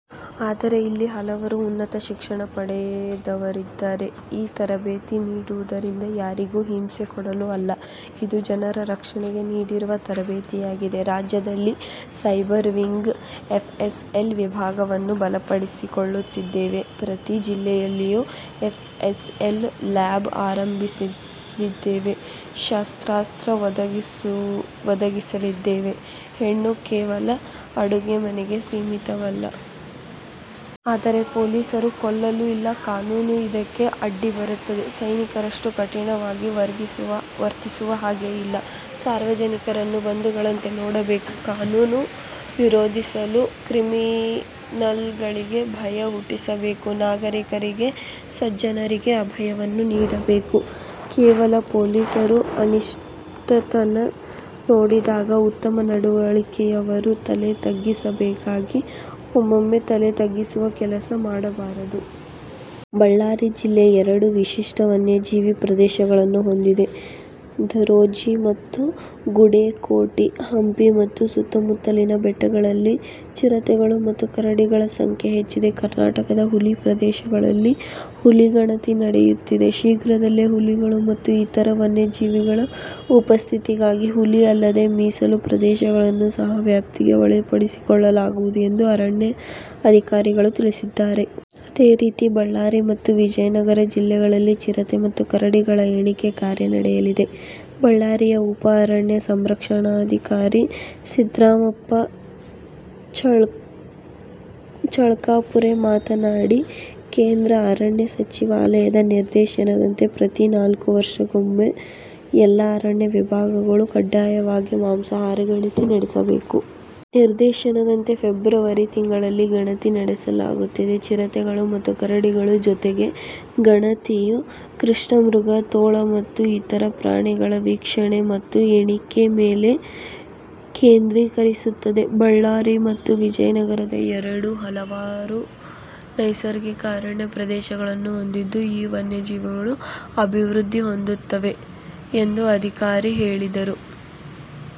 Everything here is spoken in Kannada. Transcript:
ಆದರೆ ಇಲ್ಲಿ ಹಲವರು ಉನ್ನತ ಶಿಕ್ಷಣ ಪಡೆದವರಿದ್ದಾರೆ. ಈ ತರಬೇತಿ ನೀಡಿರುವುದು ಯಾರಿಗೂ ಹಿಂಸೆ ಕೊಡಲು ಅಲ್ಲ. ಇದು ಜನರ ರಕ್ಷಣೆಗೆ ನೀಡಿರುವ ತರಬೇತಿಯಾಗಿದೆ. ರಾಜ್ಯದಲ್ಲಿ ಸೈಬರ್ ವಿಂಗ್ ಎಫ್ಎಸ್ಎಲ್ ವಿಭಾಗವನ್ನು ಬಲಪಡಿಸುತ್ತಿದ್ದೇವೆ. ಪ್ರತಿ ಜಿಲ್ಲೆಯಲ್ಲೂ ಎಫ್ಎಸ್ಎಲ್ ಲ್ಯಾಬ್ ಆರಂಭಿಸಲಿದ್ದೇವೆ, ಶಸ್ತ್ರಾಸ್ತ್ರ ಒದಗಿಸಲಿದ್ದೇವೆ. ಹೆಣ್ಣು ಕೇವಲ ಅಡುಗೆ ಮನೆಗೆ ಸೀಮಿತವಲ್ಲ. ಆದರೆ ಪೊಲೀಸರು ಕೊಲ್ಲಲು ಇಲ್ಲ ಕಾನೂನು ಇದಕ್ಕೆ ಅಡ್ಡಿಬರುತ್ತದೆ. ಸೈನಿಕರಷ್ಟು ಕಠಿಣವಾಗಿ ವರ್ತಿಸುವ ಹಾಗೆ ಇಲ್ಲ. ಸಾರ್ವಜನಿಕರನ್ನು ಬಂಧುಗಳಂತೆ ನೋಡಬೇಕು. ಕಾನೂನು ವಿರೋಧಿಸುವ ಕ್ರಿಮಿನಲ್ಗಳಿಗೆ ಭಯ ಹುಟ್ಟಿಸಬೇಕು. ನಾಗರೀಕರಿಗೆ ಸಜ್ಜನರಿಗೆ ಅಭಯವನ್ನು ನೀಡಬೇಕು. ಕೆಲವು ಪೊಲೀಸರು ಅನಿಷ್ಟತನ ನೋಡಿದಾಗ ಉತ್ತಮ ನಡವಳಿಕೆಯವರು ತಲೆ ತಗ್ಗಿಸಬೇಕಾಗಿದೆ. ಒಮ್ಮೆಯೂ ತಲೆ ತಗ್ಗಿಸುವ ಕೆಲಸ ಮಾಡಬಾರದು. ಬಳ್ಳಾರಿ ಜಿಲ್ಲೆ ಎರಡು ವಿಶಿಷ್ಟ ವನ್ಯಜೀವಿ ಪ್ರದೇಶಗಳನ್ನು ಹೊಂದಿದೆ. ದರೋಜಿ ಮತ್ತು ಗುಡೇಕೋಟೆ. ಹಂಪಿ ಮತ್ತು ಸುತ್ತಮುತ್ತಲಿನ ಬೆಟ್ಟಗಳಲ್ಲಿ ಚಿರತೆಗಳು ಮತ್ತು ಕರಡಿಗಳ ಸಂಖ್ಯೆ ಹೆಚ್ಚಿದೆ. ಕರ್ನಾಟಕದ ಹುಲಿ ಪ್ರದೇಶಗಳಲ್ಲಿ ಹುಲಿ ಗಣತಿ ನಡೆಯುತ್ತಿದೆ. ಶೀಘ್ರದಲ್ಲೇ ಹುಲಿಗಳು ಮತ್ತು ಇತರ ವನ್ಯಜೀವಿಗಳ ಉಪಸ್ಥಿತಿಗಾಗಿ ಹುಲಿ ಅಲ್ಲದ ಮೀಸಲು ಪ್ರದೇಶಗಳನ್ನು ಸಹ ವ್ಯಾಪ್ತಿಗೆ ಒಳಪಡಿಸಲಾಗುವುದು ಎಂದು ಅರಣ್ಯ ಅಧಿಕಾರಿಗಳು ತಿಳಿಸಿದ್ದಾರೆ. ಅದೇ ರೀತಿ ಬಳ್ಳಾರಿ ಮತ್ತು ವಿಜಯನಗರ ಜಿಲ್ಲೆಗಳಲ್ಲಿ ಚಿರತೆ ಮತ್ತು ಕರಡಿಗಳ ಎಣಿಕೆ ಕಾರ್ಯ ನಡೆಯಲಿದೆ. ಬಳ್ಳಾರಿಯ ಉಪ ಅರಣ್ಯ ಸಂರಕ್ಷಣಾಧಿಕಾರಿ ಸಿದ್ರಾಮಪ್ಪ ಚಳ್ಕಾಪುರೆ ಮಾತನಾಡಿ, ಕೇಂದ್ರ ಅರಣ್ಯ ಸಚಿವಾಲಯದ ನಿರ್ದೇಶನದಂತೆ ಪ್ರತಿ ನಾಲ್ಕು ವರ್ಷಗಳಿಗೊಮ್ಮೆ ಎಲ್ಲಾ ಅರಣ್ಯ ವಿಭಾಗಗಳು ಕಡ್ಡಾಯವಾಗಿ ಮಾಂಸಾಹಾರಿ ಗಣತಿ ನಡೆಸಬೇಕು. ನಿರ್ದೇಶನದಂತೆ ಫೆಬ್ರವರಿ ತಿಂಗಳಲ್ಲಿ ಗಣತಿ ನಡೆಸಲಾಗುತ್ತಿದೆ. ಚಿರತೆಗಳು ಮತ್ತು ಕರಡಿಗಳ ಜೊತೆಗೆ, ಗಣತಿಯು ಕೃಷ್ಣಮೃಗ, ತೋಳ ಮತ್ತು ಇತರ ಪ್ರಾಣಿಗಳ ವೀಕ್ಷಣೆ ಮತ್ತು ಎಣಿಕೆಯ ಮೇಲೆ ಕೇಂದ್ರೀಕರಿಸುತ್ತದೆ. ಬಳ್ಳಾರಿ ಮತ್ತು ವಿಜಯನಗರ ಎರಡೂ ಹಲವಾರು ನೈಸರ್ಗಿಕ ಅರಣ್ಯ ಪ್ರದೇಶಗಳನ್ನು ಹೊಂದಿದ್ದು, ಈ ವನ್ಯಜೀವಿಗಳು ಅಭಿವೃದ್ಧಿ ಹೊಂದುತ್ತವೆ ಎಂದು ಅಧಿಕಾರಿ ಹೇಳಿದರು.